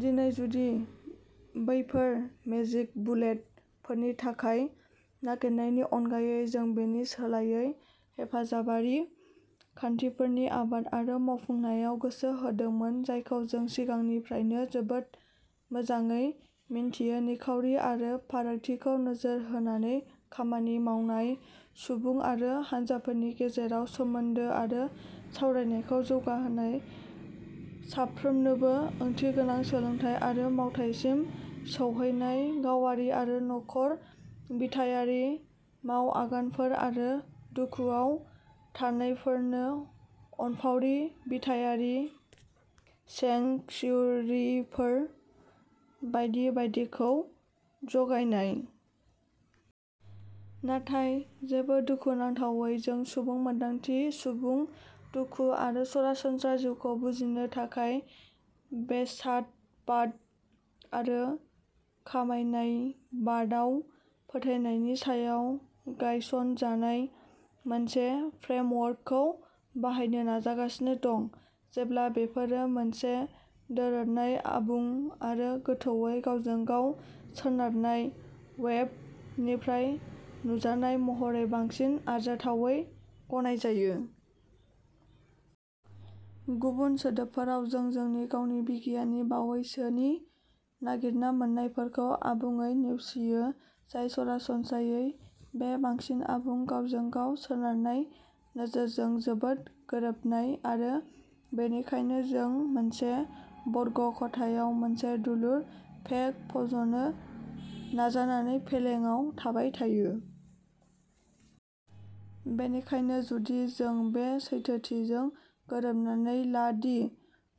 दिनै जुदि बैफोर "मेजिक बुलेट" फोरनि थाखाय नागिरनायनि अनगायै, जों बेनि सोलायै हेफाजाबारि खान्थिफोरनि आबाद आरो मावफुंनायाव गोसो होदोंमोन जायखौ जों सिगांनिफ्रायनो जोबोद मोजाङै मिन्थियो-निखावरि आरो फारागथिखौ नोजोर होनानै खामानि मावनाय, सुबुं आरो हानजाफोरनि गेजेराव सोमोन्दो आरो सावरायनायखौ जौगाहोनाय, साफ्रोमनोबो ओंथिगोनां सोलोंथाय आरो मावथायसिम सौहैनाय, गावारि-आरो नखर-बिथायारि मावआगानफोर आरो दुखुआव थानायफोरनो अनफावरि-बिथायारि सेंक्सुयेरिफोर बायदि बायदिखौ जगायनाय। नाथाय जेबो-दुखुनांथावै, जों सुबुं मोन्दांथि, सुबुं दुखु आरो सरासनस्रा जिउखौ बुजिनो थाखाय बेसादबाद आरो खमायनायबादआव फोथायनायनि सायाव गायसनजानाय मोनसे फ्रेमवर्कखौ बाहायनो नाजागासिनो दं, जेब्ला बेफोरो मोनसे दोरोदनाय, आबुं आरो गोथौवै गावजों-गाव सोनारनाय "वेब" निफ्राय नुजानाय महरै बांसिन आरजाथावै गनायजायो। गुबुन सोदोबफोराव, जों जोंनि गावनि बिगियाननि बावैसोनि नागिरना मोन्नायफोरखौ आबुङै नेवसियो, जाय सरासनस्रायै बे बांसिन आबुं, गावजों-गाव सोनारनाय नोजोरजों जोबोद गोरोबनाय, आरो बेनिखायनो जों मोनसे बर्ग ख'थायाव मोनसे दुलुर पेग फज'नो नाजानानै फेलेंआव थाबाय थायो। बेनिखायनो जुदि जों बे सैथोथिजों गोरोबनानै ला दि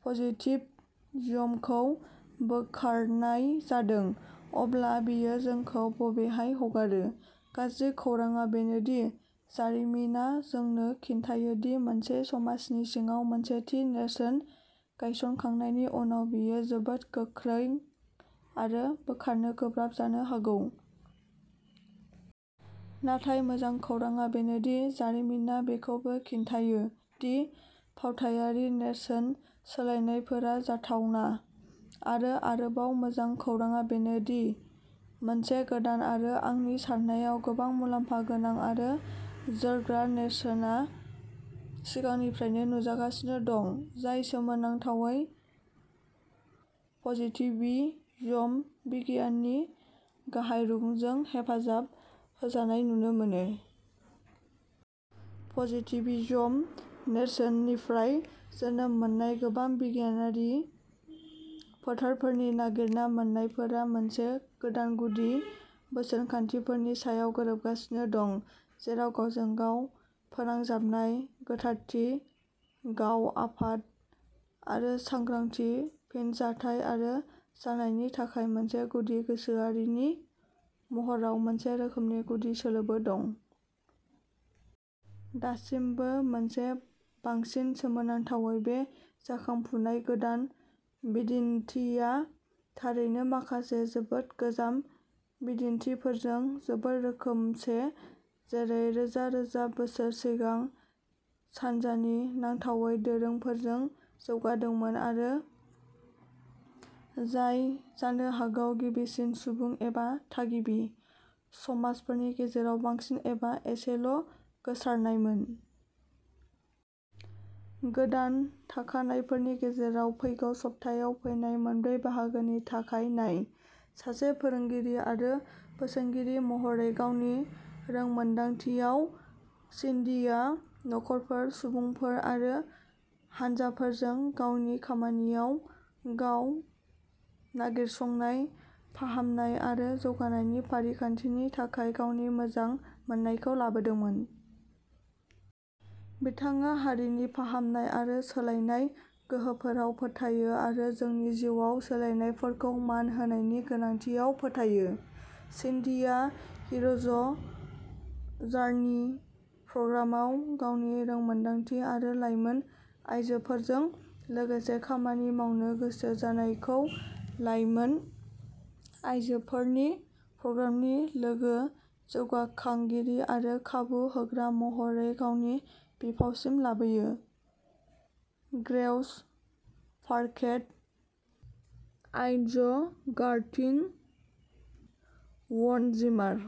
पजिटिभिज्मखौ बोखारनाय जादों, अब्ला बेयो जोंखौ बबेहाय हगारो? गाज्रि खौरांआ बेनो दि जारिमिना जोंनो खिन्थायो दि मोनसे समाजनि सिङाव मोनसे थि नेरसोन गायसनखांनायनि उनाव, बेयो जोबोद गोख्रों आरो बोखारनो गोब्राब जानो हागौ। नाथाय मोजां खौरांआ बेनो दि जारिमिना बेखौबो खिन्थायो दि फावथायारि नेरसोन सोलायनायफोरा जाथावना। आरो आरोबाव मोजां खौरांआ बेनोदि मोनसे गोदान, आरो आंनि सान्नायाव, गोबां मुलाम्फा गोनां आरो जोरग्रा नेरसोनआ सिगांनिफ्रायनो नुजागासिनो दं, जाय सोमोनांथावै पजिटिभिज्म बिगियाननि गाहाय रुगुंजों हेफाजाब होजानाय नुनो मोनो। पजिटिभिज्म नेरसोननिफ्राय जोनोम मोननाय गोबां बिगियानारि फोथारफोरनि नागिरना मोन्नायफोरा मोनसे गोदान गुदि बोसोनखान्थिफोरनि सायाव गोरोबगासिनो दं, जेराव गावजों-गाव फोनांजाबनाय, गोथारथि, गाव-आफाद, आरो सांग्रांथि, फिनजाथाय आरो जानायनि थाखाय मोनसे गुदि गोसोआरिनि महराव मोनसे रोखोमनि गुदि सोलोबो दं। दासिमबो मोनसे। बांसिन सोमोनांथावै, बे जाखांफुनाय "गोदान" बिदिनथिया थारैनो माखासे जोबोद गोजाम "बिदिनथिफोरजों जोबोद रोखोमसे-जेरै रोजा-रोजा बोसोर सिगां सानजानि नांथावै दोरोंफोरजों जौगादोंमोन, आरो जाय जानो हागौ गिबिसिन सुबुं, एबा थागिबि, समाजफोरनि गेजेराव बांसिन एबा एसेल'गोसारनायमोन। गोदान थाखानायफोरनि गेजेराव फैगौ सप्तायाव फैनाय मोनब्रै बाहागोनि थाखाय नाय! सासे फोरोंगिरि आरो बोसोनगिरि महरै गावनि रोंमोनदांथियाव, सिन्डीआ नखरफोर, सुबुंफोर आरो हानजाफोरजों गावनि खामानियाव गाव-नागिरसंनाय, फाहामनाय आरो जौगानायनि फारिखान्थिनि थाखाय गावनि मोजां मोननायखौ लाबोदोंमोन। बिथाङा हारिनि फाहामनाय आरो सोलायनाय गोहोफोराव फोथायो आरो जोंनि जिउआव सोलायनायफोरखौ मान होनायनि गोनांथियाव फोथायो। सिन्डीआ हिर'ज जार्नि प्रग्रामाव गावनि रोंमोनदांथि आरो लाइमोन आयजोफोरजों लोगोसे खामानि मावनो गोसो जानायखौ लायमोन आयजोफोरनि प्रग्रामनि लोगो-जौगाखांगिरि आरो खाबु होग्रा महरै गावनि बिफावसिम लाबोयो। ग्रेउस पार्केट आइन्जगार्टिग व'नजिमार